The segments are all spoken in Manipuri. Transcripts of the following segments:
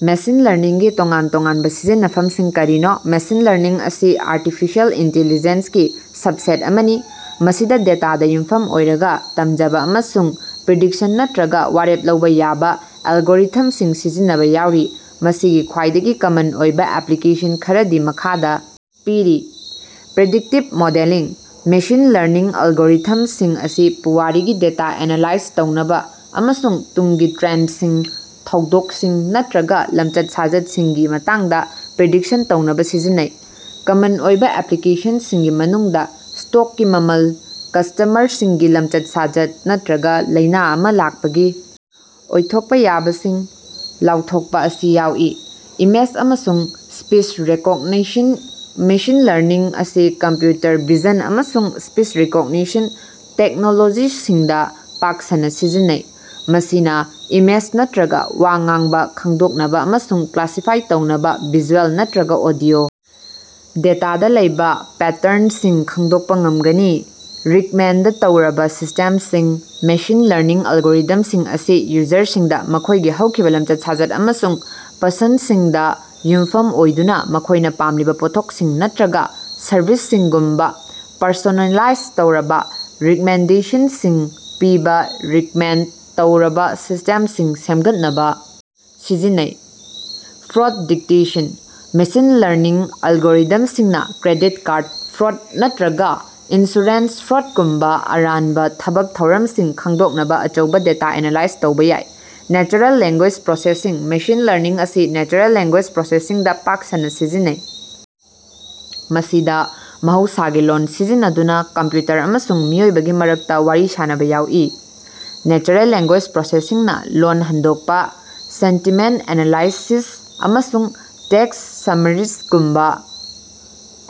ꯃꯦꯁꯤꯟ ꯂꯔꯅꯤꯡꯒꯤ ꯇꯣꯉꯥꯟ-ꯇꯣꯉꯥꯟꯕꯥ ꯁꯤꯖꯤꯟꯅꯐꯝꯁꯤꯡ ꯀꯔꯤꯅꯣ? ꯃꯦꯁꯤꯟ ꯂꯔꯅꯤꯡ ꯑꯁꯤ ꯑꯥꯔꯇꯤꯐꯤꯁꯤꯑꯦꯜ ꯏꯟꯇꯤꯂꯤꯖꯦꯟꯁꯒꯤ ꯁꯕꯁꯦꯠ ꯑꯃꯅꯤ, ꯃꯁꯤꯗꯥ ꯗꯦꯇꯥꯗꯥ ꯌꯨꯝꯐꯝ ꯑꯣꯏꯔꯒꯥ ꯇꯝꯖꯕꯥ ꯑꯃꯁꯨꯡ ꯄ꯭ꯔꯤꯗꯤꯛꯁꯟ ꯅꯠꯇ꯭ꯔꯒꯥ ꯋꯥꯔꯦꯞ ꯂꯧꯕꯥ ꯌꯥꯕꯥ ꯑꯦꯜꯒꯣꯔꯤꯊꯝꯁꯤꯡ ꯁꯤꯖꯤꯟꯅꯕꯥ ꯌꯥꯎꯔꯤ꯫ ꯃꯁꯤꯒꯤ ꯈ꯭ꯋꯥꯏꯗꯒꯤ ꯀꯃꯟ ꯑꯣꯏꯕꯥ ꯑꯦꯄ꯭ꯂꯤꯀꯦꯁꯟ ꯈꯔꯗꯤ ꯃꯈꯥꯗꯥ ꯄꯤꯔꯤ: ꯄ꯭ꯔꯤꯗꯤꯛꯇꯤꯚ ꯃꯣꯗꯦꯂꯤꯡ: ꯃꯦꯁꯤꯟ ꯂꯔꯅꯤꯡ ꯑꯦꯜꯒꯣꯔꯤꯊꯝꯁꯤꯡ ꯑꯁꯤ ꯄꯨꯋꯥꯔꯤꯒꯤ ꯗꯦꯇꯥ ꯑꯦꯅꯥꯂꯥꯏꯖ ꯇꯧꯅꯕꯥ ꯑꯃꯁꯨꯡ ꯇꯨꯡꯒꯤ ꯇ꯭ꯔꯦꯟꯗꯁꯤꯡ, ꯊꯧꯗꯣꯛꯁꯤꯡ ꯅꯠꯇ꯭ꯔꯒꯥ ꯂꯝꯆꯠ-ꯁꯥꯖꯠꯁꯤꯡꯒꯤ ꯃꯇꯥꯡꯗꯥ ꯄ꯭ꯔꯤꯗꯤꯛꯁꯟ ꯇꯧꯅꯕꯥ ꯁꯤꯖꯤꯟꯅꯩ꯫ ꯀꯃꯟ ꯑꯣꯏꯕꯥ ꯑꯦꯄ꯭ꯂꯤꯀꯦꯁꯟꯁꯤꯡꯒꯤ ꯃꯅꯨꯡꯗꯥ ꯁ꯭ꯇꯣꯛꯀꯤ ꯃꯃꯜ, ꯀꯁ꯭ꯇꯃꯔꯁꯤꯡꯒꯤ ꯂꯝꯆꯠ-ꯁꯥꯖꯠ ꯅꯠꯇ꯭ꯔꯒꯥ ꯂꯥꯏꯅꯥ ꯑꯃꯥ ꯂꯥꯛꯄꯒꯤ ꯑꯣꯏꯊꯣꯛꯄꯥ ꯌꯥꯕꯁꯤꯡ ꯂꯥꯎꯊꯣꯛꯄꯥ ꯑꯁꯤ ꯌꯥꯎꯏ꯫ ꯏꯃꯦꯖ ꯑꯃꯁꯨꯡ ꯁ꯭ꯄꯤꯆ ꯔꯤꯀꯣꯛꯅꯤꯁꯟ: ꯃꯦꯁꯤꯟ ꯂꯔꯅꯤꯡ ꯑꯁꯤ ꯀꯝꯄ꯭ꯌꯨꯇꯔ ꯚꯤꯖꯟ ꯑꯃꯁꯨꯡ ꯁ꯭ꯄꯤꯆ ꯔꯤꯀꯣꯛꯅꯤꯁꯟ ꯇꯦꯛꯅꯣꯂꯣꯖꯤꯁꯤꯡꯗꯥ ꯄꯥꯛ ꯁꯟꯅꯥ ꯁꯤꯖꯤꯟꯅꯩ꯫ ꯃꯁꯤꯅꯥ ꯏꯃꯦꯖ ꯅꯠꯇ꯭ꯔꯒꯥ ꯋꯥ ꯉꯥꯡꯕꯥ ꯈꯪꯗꯣꯛꯅꯕꯥ ꯑꯃꯁꯨꯡ ꯀ꯭ꯂꯥꯁꯤꯐꯥꯏ ꯇꯧꯅꯕꯥ ꯚꯤꯖꯨꯑꯦꯜ ꯅꯠꯇ꯭ꯔꯒꯥ ꯑꯣꯗꯤꯑꯣ ꯗꯦꯇꯥꯗꯥ ꯂꯩꯕꯥ ꯄꯦꯇ꯭ꯔꯟꯁꯤꯡ ꯈꯪꯗꯣꯛꯄꯥ ꯉꯝꯒꯅꯤ꯫ ꯔꯤꯛꯃꯦꯟꯗ ꯇꯧꯔꯕꯥ ꯁꯤꯁꯇꯦꯝꯁꯤꯡ: ꯃꯦꯁꯤꯟ ꯂꯔꯅꯤꯡ ꯑꯦꯜꯒꯣꯔꯤꯊꯝꯁꯤꯡ ꯑꯁꯤ ꯌꯨꯖꯔꯁꯤꯡꯗꯥ ꯃꯈꯣꯏꯒꯤ ꯍꯧꯈꯤꯕꯥ ꯂꯝꯆꯠ-ꯁꯥꯖꯠ ꯑꯃꯁꯨꯡ ꯄꯁꯟꯗꯁꯤꯡꯗꯥ ꯌꯨꯝꯐꯝ ꯑꯣꯏꯗꯨꯅꯥ ꯃꯈꯣꯏꯅꯥ ꯄꯥꯝꯂꯤꯕꯥ ꯄꯣꯠꯊꯣꯛꯁꯤꯡ ꯅꯠꯇ꯭ꯔꯒꯥ ꯁꯔꯚꯤꯁꯁꯤꯡꯒꯨꯝꯕꯥ ꯄꯔꯁꯣꯅꯦꯂꯥꯏꯖ ꯇꯧꯔꯕꯥ ꯔꯤꯛꯃꯦꯟꯗꯦꯁꯟꯁꯤꯡ ꯄꯤꯕꯥ ꯔꯤꯛꯃꯦꯟꯗ ꯇꯧꯔꯕꯥ ꯁꯤꯁꯇꯦꯝꯁꯤꯡ ꯁꯦꯝꯒꯠꯅꯕꯥ ꯁꯤꯖꯤꯟꯅꯩ꯫ ꯐ꯭ꯔꯣꯗ ꯗꯤꯇꯦꯛꯁꯟ: ꯃꯦꯁꯤꯟ ꯂꯔꯅꯤꯡ ꯑꯦꯜꯒꯣꯔꯤꯊꯝꯁꯤꯡꯅꯥ ꯀ꯭ꯔꯦꯗꯤꯠ ꯀꯥꯔꯗ ꯐ꯭ꯔꯣꯗ ꯅꯠꯇ꯭ꯔꯒꯥ ꯏꯟꯁꯨꯔꯦꯟꯁ ꯐ꯭ꯔꯣꯗꯒꯨꯝꯕꯥ ꯑꯔꯥꯟꯕꯥ ꯊꯕꯛ ꯊꯧꯔꯝꯁꯤꯡ ꯈꯪꯗꯣꯛꯅꯕꯥ ꯑꯆꯧꯕꯥ ꯗꯦꯇꯥ ꯑꯦꯅꯥꯂꯥꯏꯖ ꯇꯧꯕꯥ ꯌꯥꯏ꯫ Natural language processing: machine learning ꯑꯁꯤ ꯅꯦꯆꯔꯦꯜ ꯂꯦꯡꯒꯣꯏꯖ ꯄ꯭ꯔꯣꯁꯦꯁꯤꯡꯗꯥ ꯄꯥꯛ ꯁꯟꯅꯥ ꯁꯤꯖꯤꯟꯅꯩ, ꯃꯁꯤꯗꯥ ꯃꯍꯧꯁꯥꯒꯤ ꯂꯣꯜ ꯁꯤꯖꯤꯟꯅꯗꯨꯅꯥ ꯀꯝꯄ꯭ꯌꯨꯇꯔ ꯑꯃꯁꯨꯡ ꯃꯤꯑꯣꯏꯕꯒꯤ ꯃꯔꯛꯇꯥ ꯋꯥꯔꯤ ꯁꯥꯅꯕꯥ ꯌꯥꯎꯏ꯫ ꯅꯦꯆꯔꯦꯜ ꯂꯦꯡꯒꯣꯏꯖ ꯄ꯭ꯔꯣꯁꯦꯁꯤꯡꯅꯥ ꯂꯣꯜ ꯍꯟꯗꯣꯛꯄꯥ, ꯁꯦꯟꯇꯤꯃꯦꯟꯇ ꯑꯦꯅꯥꯂꯥꯏꯁꯤꯁ ꯑꯃꯁꯨꯡ ꯇꯦꯛꯁ ꯁꯝꯃꯥꯔꯤꯖꯒꯨꯝꯕꯥ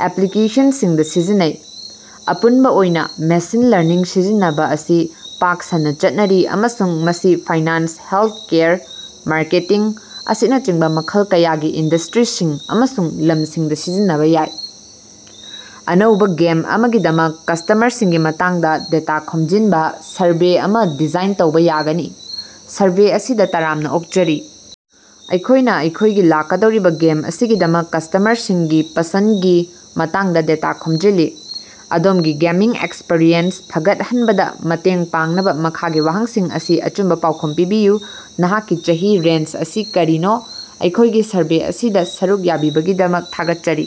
ꯑꯦꯄ꯭ꯂꯤꯀꯦꯁꯟꯁꯤꯡꯗꯥ ꯁꯤꯖꯤꯟꯅꯩ꯫ ꯑꯄꯨꯟꯕꯥ ꯑꯣꯏꯅꯥ ꯃꯦꯁꯤꯟ ꯂꯔꯅꯤꯡ ꯁꯤꯖꯤꯟꯅꯕꯥ ꯑꯁꯤ ꯄꯥꯛ ꯁꯟꯅꯥ ꯆꯠꯅꯔꯤ ꯑꯃꯁꯨꯡ ꯃꯁꯤ ꯐꯥꯏꯅꯥꯟꯁ, ꯍꯦꯜꯊꯀꯦꯌꯔ, ꯃꯥꯔꯀꯦꯇꯤꯡ, ꯑꯁꯤꯅꯆꯤꯡꯕꯥ ꯃꯈꯜ ꯀꯌꯥꯒꯤ ꯏꯟꯗꯁꯇ꯭ꯔꯤꯁꯤꯡ ꯑꯃꯁꯨꯡ ꯂꯝꯁꯤꯡꯗꯥ ꯁꯤꯖꯤꯟꯅꯕꯥ ꯌꯥꯏ꯫ ꯑꯅꯧꯕꯥ ꯒꯦꯝ ꯑꯃꯒꯤꯗꯃꯛ ꯀꯁ꯭ꯇꯃꯔꯁꯤꯡꯒꯤ ꯃꯇꯥꯡꯗꯥ ꯗꯦꯇꯥ ꯈꯣꯝꯖꯤꯟꯕꯥ ꯁꯔꯚꯦ ꯑꯃꯥ ꯗꯤꯖꯥꯏꯟ ꯇꯧꯕꯥ ꯌꯥꯒꯅꯤ꯫ ꯁꯔꯚꯦ ꯑꯁꯤꯗꯥ ꯇꯔꯥꯝꯅꯥ ꯑꯣꯛꯆꯔꯤ! ꯑꯩꯈꯣꯏꯅꯥ ꯑꯩꯈꯣꯏꯒꯤ ꯂꯥꯛꯀꯗꯧꯔꯤꯕꯥ ꯒꯦꯝ ꯑꯁꯤꯒꯤꯗꯃꯛ ꯀꯁ꯭ꯇꯃꯔꯁꯤꯡꯒꯤ ꯄꯁꯟꯗꯒꯤ ꯃꯇꯥꯡꯗꯥ ꯗꯦꯇꯥ ꯈꯣꯝꯖꯤꯜꯂꯤ꯫ ꯑꯗꯣꯝꯒꯤ ꯒꯦꯃꯤꯡ ꯑꯦꯛꯁꯄꯤꯔꯤꯑꯦꯟꯁ ꯐꯒꯠꯍꯟꯕꯗꯥ ꯃꯇꯦꯡ ꯄꯥꯡꯅꯕꯥ ꯃꯈꯥꯒꯤ ꯋꯥꯍꯪꯁꯤꯡ ꯑꯁꯤꯒꯤ ꯑꯆꯨꯝꯕꯥ ꯄꯥꯎꯈꯨꯝ ꯄꯤꯕꯤꯌꯨ꯫ ꯅꯍꯥꯛꯀꯤ ꯆꯍꯤꯒꯤ ꯔꯦꯟꯖ ꯑꯁꯤ ꯀꯔꯤꯅꯣ? ꯑꯩꯈꯣꯏꯒꯤ ꯁꯔꯚꯦ ꯑꯁꯤꯗꯥ ꯁꯔꯨꯛ ꯌꯥꯕꯤꯕꯒꯤꯗꯃꯛ ꯊꯥꯒꯠꯆꯔꯤ!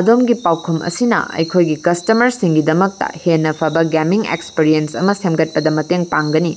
ꯑꯗꯣꯝꯒꯤ ꯄꯥꯎꯈꯨꯝ ꯑꯁꯤꯅꯥ ꯑꯩꯈꯣꯏꯒꯤ ꯀꯁ꯭ꯇꯃꯔꯁꯤꯡꯒꯤꯗꯃꯛꯇꯥ ꯍꯦꯟꯅꯥ ꯐꯕꯥ ꯒꯦꯃꯤꯡ ꯑꯦꯛꯁꯄꯔꯤꯌꯦꯟꯁ ꯑꯃꯥ ꯁꯦꯃꯒꯠꯄꯗꯥ ꯃꯇꯦꯡ ꯄꯥꯡꯒꯅꯤ꯫